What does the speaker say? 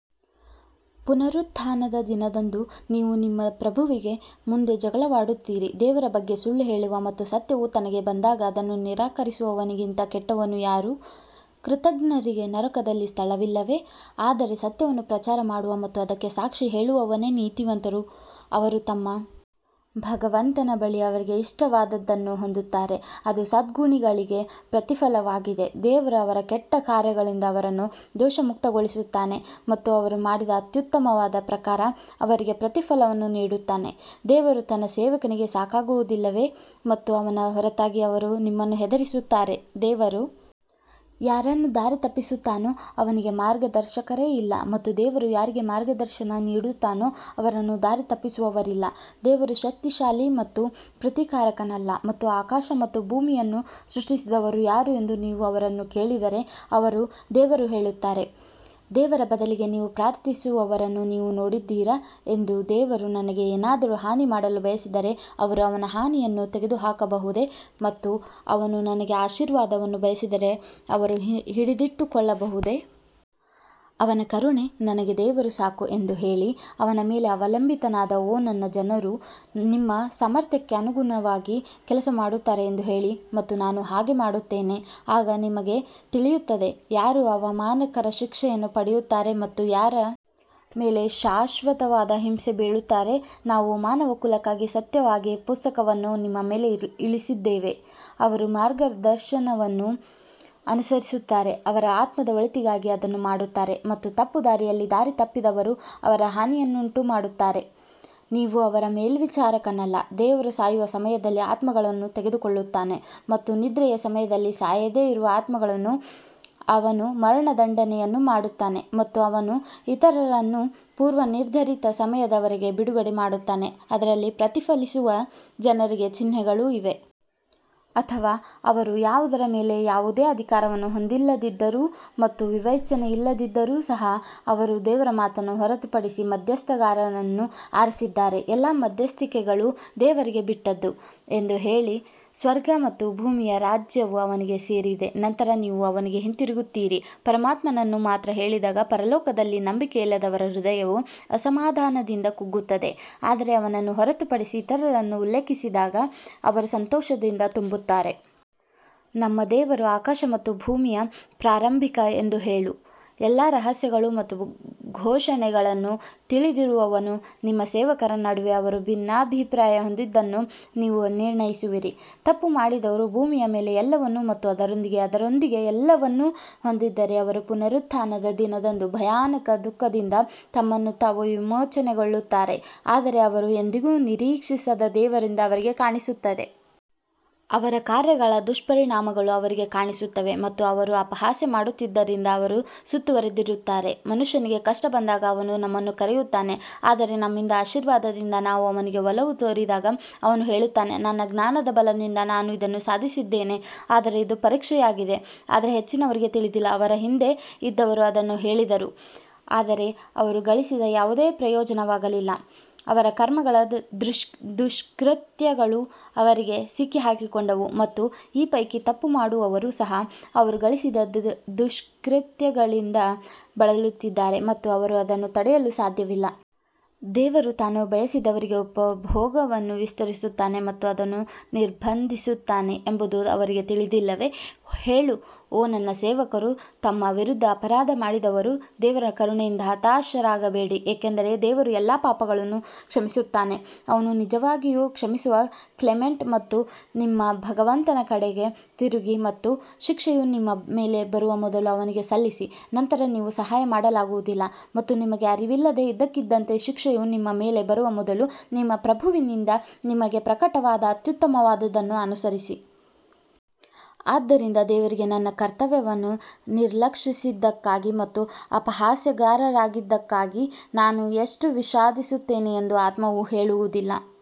ಪುನರುತ್ಥಾನದ ದಿನದಂದು ನೀವು ನಿಮ್ಮ ಪ್ರಭುವಿನ ಮುಂದೆ ಜಗಳವಾಡುತ್ತೀರಿ ದೇವರ ಬಗ್ಗೆ ಸುಳ್ಳು ಹೇಳುವ ಮತ್ತು ಸತ್ಯವು ತನಗೆ ಬಂದಾಗ ಅದನ್ನು ನಿರಾಕರಿಸುವವನಿಗಿಂತ ಕೆಟ್ಟವನು ಯಾರು? ಕೃತಘ್ನರಿಗೆ ನರಕದಲ್ಲಿ ಸ್ಥಳವಿಲ್ಲವೇ? ಆದರೆ ಸತ್ಯವನ್ನು ಪ್ರಚಾರ ಮಾಡುವ ಮತ್ತು ಅದಕ್ಕೆ ಸಾಕ್ಷಿ ಹೇಳುವವನೇ ನೀತಿವಂತರು ಅವರು ತಮ್ಮ ಭಗವಂತನ ಬಳಿ ಅವರಿಗೆ ಇಷ್ಟವಾದದ್ದನ್ನು ಹೊಂದುತ್ತಾರೆ, ಅದು ಸದ್ಗುಣಿಗಳಿಗೆ ಪ್ರತಿಫಲವಾಗಿದೆ ದೇವರು ಅವರ ಕೆಟ್ಟ ಕಾರ್ಯಗಳಿಂದ ಅವರನ್ನು ದೋಷಮುಕ್ತಗೊಳಿಸುತ್ತಾನೆ ಮತ್ತು ಅವರು ಮಾಡಿದ ಅತ್ಯುತ್ತಮವಾದ ಪ್ರಕಾರ ಅವರಿಗೆ ಪ್ರತಿಫಲವನ್ನು ನೀಡುತ್ತಾನೆ ದೇವರು ತನ್ನ ಸೇವಕನಿಗೆ ಸಾಕಾಗುವುದಿಲ್ಲವೇ ಮತ್ತು ಅವನ ಹೊರತಾಗಿ ಅವರು ನಿಮ್ಮನ್ನು ಹೆದರಿಸುತ್ತಾರೆ, ದೇವರು ಯಾರನ್ನು ದಾರಿತಪ್ಪಿಸುತ್ತಾನೋ ಅವನಿಗೆ ಮಾರ್ಗದರ್ಶಕರೇ ಇಲ್ಲ ಮತ್ತು ದೇವರು ಯಾರಿಗೆ ಮಾರ್ಗದರ್ಶನ ನೀಡುತ್ತಾನೋ ಅವರನ್ನು ದಾರಿತಪ್ಪಿಸುವವರಿಲ್ಲ, ದೇವರು ಶಕ್ತಿಶಾಲಿ ಮತ್ತು ಪ್ರತೀಕಾರಕನಲ್ಲ ಮತ್ತು ಆಕಾಶ ಮತ್ತು ಭೂಮಿಯನ್ನು ಸೃಷ್ಟಿಸಿದವರು ಯಾರು ಎಂದು ನೀವು ಅವರನ್ನು ಕೇಳಿದರೆ, ಅವರು ದೇವರು ಹೇಳುತ್ತಾರೆ, ದೇವರ ಬದಲಿಗೆ ನೀವು ಪ್ರಾರ್ಥಿಸುವವರನ್ನು ನೀವು ನೋಡಿದ್ದೀರಾ ಎಂದು ದೇವರು ನನಗೆ ಏನಾದರೂ ಹಾನಿ ಮಾಡಲು ಬಯಸಿದರೆ ಅವರು ಅವನ ಹಾನಿಯನ್ನು ತೆಗೆದುಹಾಕಬಹುದೇ ಮತ್ತು ಅವನು ನನಗೆ ಆಶೀರ್ವಾದವನ್ನು ಬಯಸಿದರೆ ಅವರು ಹಿಡಿದಿಟ್ಟುಕೊಳ್ಳಬಹುದೇ? ಅವನ ಕರುಣೆ ನನಗೆ ದೇವರು ಸಾಕು ಎಂದು ಹೇಳಿ ಅವನ ಮೇಲೆ ಅವಲಂಬಿತನಾದ ಓ ನನ್ನ ಜನರು ನಿಮ್ಮ ಸಾಮರ್ಥ್ಯಕ್ಕೆ ಅನುಗುಣವಾಗಿ ಕೆಲಸ ಮಾಡುತ್ತಾರೆ ಎಂದು ಹೇಳಿ ಮತ್ತು ನಾನು ಹಾಗೆ ಮಾಡುತ್ತೇನೆ ಆಗ ನಿಮಗೆ ತಿಳಿಯುತ್ತದೆ ಯಾರು ಅವಮಾನಕರ ಶಿಕ್ಷೆಯನ್ನು ಪಡೆಯುತ್ತಾರೆ ಮತ್ತು ಯಾರ ಮೇಲೆ ಶಾಶ್ವತವಾದ ಹಿಂಸೆ ಬೀಳುತ್ತಾರೆ ನಾವು ಮಾನವಕುಲಕ್ಕಾಗಿ ಸತ್ಯವಾಗಿ ಪುಸ್ತಕವನ್ನು ನಿಮ್ಮ ಮೇಲೆ ಇಳಿಸಿದ್ದೇವೆ, ಅವರು ಮಾರ್ಗದರ್ಶನವನ್ನು ಅನುಸರಿಸುತ್ತಾರೆ ಅವರ ಆತ್ಮದ ಒಳಿತಿಗಾಗಿ ಅದನ್ನು ಮಾಡುತ್ತಾರೆ ಮತ್ತು ತಪ್ಪುದಾರಿಯಲ್ಲಿ ದಾರಿತಪ್ಪಿದವರು ಅದರ ಹಾನಿಯನ್ನುಂಟುಮಾಡುತ್ತಾರೆ ನೀವು ಅವರ ಮೇಲ್ವಿಚಾರಕನಲ್ಲ ದೇವರು ಸಾಯುವ ಸಮಯದಲ್ಲಿ ಆತ್ಮಗಳನ್ನು ತೆಗೆದುಕೊಳ್ಳುತ್ತಾನೆ ಮತ್ತು ನಿದ್ರೆಯ ಸಮಯದಲ್ಲಿ ಸಾಯದೆ ಇರುವ ಆತ್ಮಗಳನ್ನು ಅವನು ಮರಣದಂಡನೆಯನ್ನು ಮಾಡುತ್ತಾನೆ ಮತ್ತು ಅವನು ಇತರರನ್ನು ಪೂರ್ವನಿರ್ಧರಿತ ಸಮಯದವರೆಗೆ ಬಿಡುಗಡೆ ಮಾಡುತ್ತಾನೆ, ಅದರಲ್ಲಿ ಪ್ರತಿಫಲಿಸುವ ಜನರಿಗೆ ಚಿಹ್ನೆಗಳು ಇವೆ. ಅಥವಾ ಅವರು ಯಾವುದರ ಮೇಲೆ ಯಾವುದೇ ಅಧಿಕಾರವನ್ನು ಹೊಂದಿಲ್ಲದಿದ್ದರೂ ಮತ್ತು ವಿವೇಚನೆಯಿಲ್ಲದಿದ್ದರೂ ಸಹ ಅವರು ದೇವರ ಮಾತನ್ನು ಹೊರತುಪಡಿಸಿ ಮಧ್ಯಸ್ಥಗಾರರನ್ನು ಆರಿಸಿದ್ದಾರೆ ಎಲ್ಲಾ ಮಧ್ಯಸ್ಥಿಕೆಗಳು ದೇವರಿಗೆ ಬಿಟ್ಟದ್ದು ಎಂದು ಹೇಳಿ ಸ್ವರ್ಗ ಮತ್ತು ಭೂಮಿಯ ರಾಜ್ಯವು ಅವನಿಗೆ ಸೇರಿದೆ ನಂತರ ನೀವು ಅವನಿಗೆ ಹಿಂತಿರುಗುತ್ತೀರಿ ಪರಮಾತ್ಮನನ್ನು ಮಾತ್ರ ಹೇಳಿದಾಗ ಪರಲೋಕದಲ್ಲಿ ನಂಬಿಕೆಯಿಲ್ಲದವರ ಹೃದಯವು ಅಸಮಾಧಾನದಿಂದ ಕುಗ್ಗುತ್ತದೆ ಆದರೆ ಅವನನ್ನು ಹೊರತುಪಡಿಸಿ ಇತರರನ್ನು ಉಲ್ಲೇಖಿಸಿದಾಗ ಅವರು ಸಂತೋಷದಿಂದ ತುಂಬುತ್ತಾರೆ. ನಮ್ಮ ದೇವರು ಆಕಾಶ ಮತ್ತು ಭೂಮಿಯ ಪ್ರಾರಂಭಿಕ ಎಂದು ಹೇಳು, ಎಲ್ಲಾ ರಹಸ್ಯಗಳು ಮತ್ತು ಘೋಷಣೆಗಳನ್ನು ತಿಳಿದಿರುವವನು ನಿಮ್ಮ ಸೇವಕರ ನಡುವೆ ಅವರು ಭಿನ್ನಾಭಿಪ್ರಾಯ ಹೊಂದಿದ್ದನ್ನು ನೀವು ನಿರ್ಣಯಿಸುವಿರಿ. ತಪ್ಪು ಮಾಡಿದವರು ಭೂಮಿಯ ಮೇಲಿನ ಎಲ್ಲವನ್ನೂ ಮತ್ತು ಅದರೊಂದಿಗೆ ಅದರೊಂದಿಗೆ ಎಲ್ಲವನ್ನೂ ಹೊಂದಿದ್ದರೆ ಅವರು ಪುನರುತ್ಥಾನದ ದಿನದಂದು ಭಯಾನಕ ದುಃಖದಿಂದ ತಮ್ಮನ್ನು ತಾವು ವಿಮೋಚನೆಗೊಳಿಸುತ್ತಾರೆ ಆದರೆ ಅವರು ಎಂದಿಗೂ ನಿರೀಕ್ಷಿಸದ ದೇವರಿಂದ ಅವರಿಗೆ ಕಾಣಿಸುತ್ತದೆ. ಅವರ ಕಾರ್ಯಗಳ ದುಷ್ಪರಿಣಾಮಗಳು ಅವರಿಗೆ ಕಾಣಿಸುತ್ತವೆ ಮತ್ತು ಅವರು ಅಪಹಾಸ್ಯ ಮಾಡುತ್ತಿದ್ದರಿಂದ ಅವರು ಸುತ್ತುವರೆದಿರುತ್ತಾರೆ. ಮನುಷ್ಯನಿಗೆ ಕಷ್ಟ ಬಂದಾಗ ಅವನು ನಮ್ಮನ್ನು ಕರೆಯುತ್ತಾನೆ ಆದರೆ ನಮ್ಮಿಂದ ಆಶೀರ್ವಾದದಿಂದ ನಾವು ಅವನಿಗೆ ಒಲವು ತೋರಿದಾಗ ಅವನು ಹೇಳುತ್ತಾನೆ ನನ್ನ ಜ್ಞಾನದ ಬಲದಿಂದ ನಾನು ಇದನ್ನು ಸಾಧಿಸಿದ್ದೇನೆ ಆದರೆ ಇದು ಪರೀಕ್ಷೆಯಾಗಿದೆ ಆದರೆ ಹೆಚ್ಚಿನವರಿಗೆ ತಿಳಿದಿಲ್ಲ ಅವರ ಹಿಂದೆ ಇದ್ದವರು ಅದನ್ನು ಹೇಳಿದರು ಆದರೆ ಅವರು ಗಳಿಸಿದ ಯಾವುದೇ ಪ್ರಯೋಜನವಾಗಲಿಲ್ಲ ಅವರ ಕರ್ಮಗಳ ದುಷ್ಕೃತ್ಯಗಳು ಅವರಿಗೆ ಸಿಕ್ಕಿಹಾಕಿಕೊಂಡವು ಮತ್ತು ಈ ಪೈಕಿ ತಪ್ಪು ಮಾಡುವವರು ಸಹ ಅವರು ಗಳಿಸಿದ ದುಷ್ಕೃತ್ಯಗಳಿಂದ ಬಳಲುತ್ತಿದ್ದಾರೆ ಮತ್ತು ಅವರು ಅದನ್ನು ತಡೆಯಲು ಸಾಧ್ಯವಿಲ್ಲ. ದೇವರು ತಾನು ಬಯಸಿದವರಿಗೆ ಉಪಭೋಗವನ್ನು ವಿಸ್ತರಿಸುತ್ತಾನೆ ಮತ್ತು ಅದನ್ನು ನಿರ್ಬಂಧಿಸುತ್ತಾನೆ ಎಂಬುದು ಅವರಿಗೆ ತಿಳಿದಿಲ್ಲವೇ? ಹೇಳು ಓ ನನ್ನ ಸೇವಕರು ತಮ್ಮ ವಿರುದ್ಧ ಅಪರಾಧ ಮಾಡಿದವರು ದೇವರ ಕರುಣೆಯಿಂದ ಹತಾಶರಾಗಬೇಡಿ ಏಕೆಂದರೆ ದೇವರು ಎಲ್ಲಾ ಪಾಪಗಳನ್ನು ಕ್ಷಮಿಸುತ್ತಾನೆ, ಅವನು ನಿಜವಾಗಿಯೂ ಕ್ಷಮಿಸುವ ಕ್ಲೆಮೆಂಟ್ ಮತ್ತು ನಿಮ್ಮ ಭಗವಂತನ ಕಡೆಗೆ ತಿರುಗಿ ಮತ್ತು ಶಿಕ್ಷೆಯು ನಿಮ್ಮ ಮೇಲೆ ಬರುವ ಮೊದಲು ಅವನಿಗೆ ಸಲ್ಲಿಸಿ ನಂತರ ನೀವು ಸಹಾಯ ಮಾಡಲಾಗುವುದಿಲ್ಲ ಮತ್ತು ನಿಮಗೆ ಅರಿವಿಲ್ಲದೆ ಇದ್ದಕ್ಕಿದ್ದಂತೆ ಶಿಕ್ಷೆಯು ನಿಮ್ಮ ಮೇಲೆ ಬರುವ ಮೊದಲು ನಿಮ್ಮ ಪ್ರಭುವಿನಿಂದ ನಿಮಗೆ ಪ್ರಕಟವಾದ ಅತ್ಯುತ್ತಮವಾದದ್ದನ್ನು ಅನುಸರಿಸಿ. ಆದ್ದರಿಂದ ದೇವರಿಗೆ ನನ್ನ ಕರ್ತವ್ಯವನ್ನು ನಿರ್ಲಕ್ಷಿಸಿದ್ದಕ್ಕಾಗಿ ಮತ್ತು ಅಪಹಾಸ್ಯಗಾರರಾಗಿದ್ದಕ್ಕಾಗಿ ನಾನು ಎಷ್ಟು ವಿಷಾದಿಸುತ್ತೇನೆ ಎಂದು ಆತ್ಮವು ಹೇಳುವುದಿಲ್ಲ.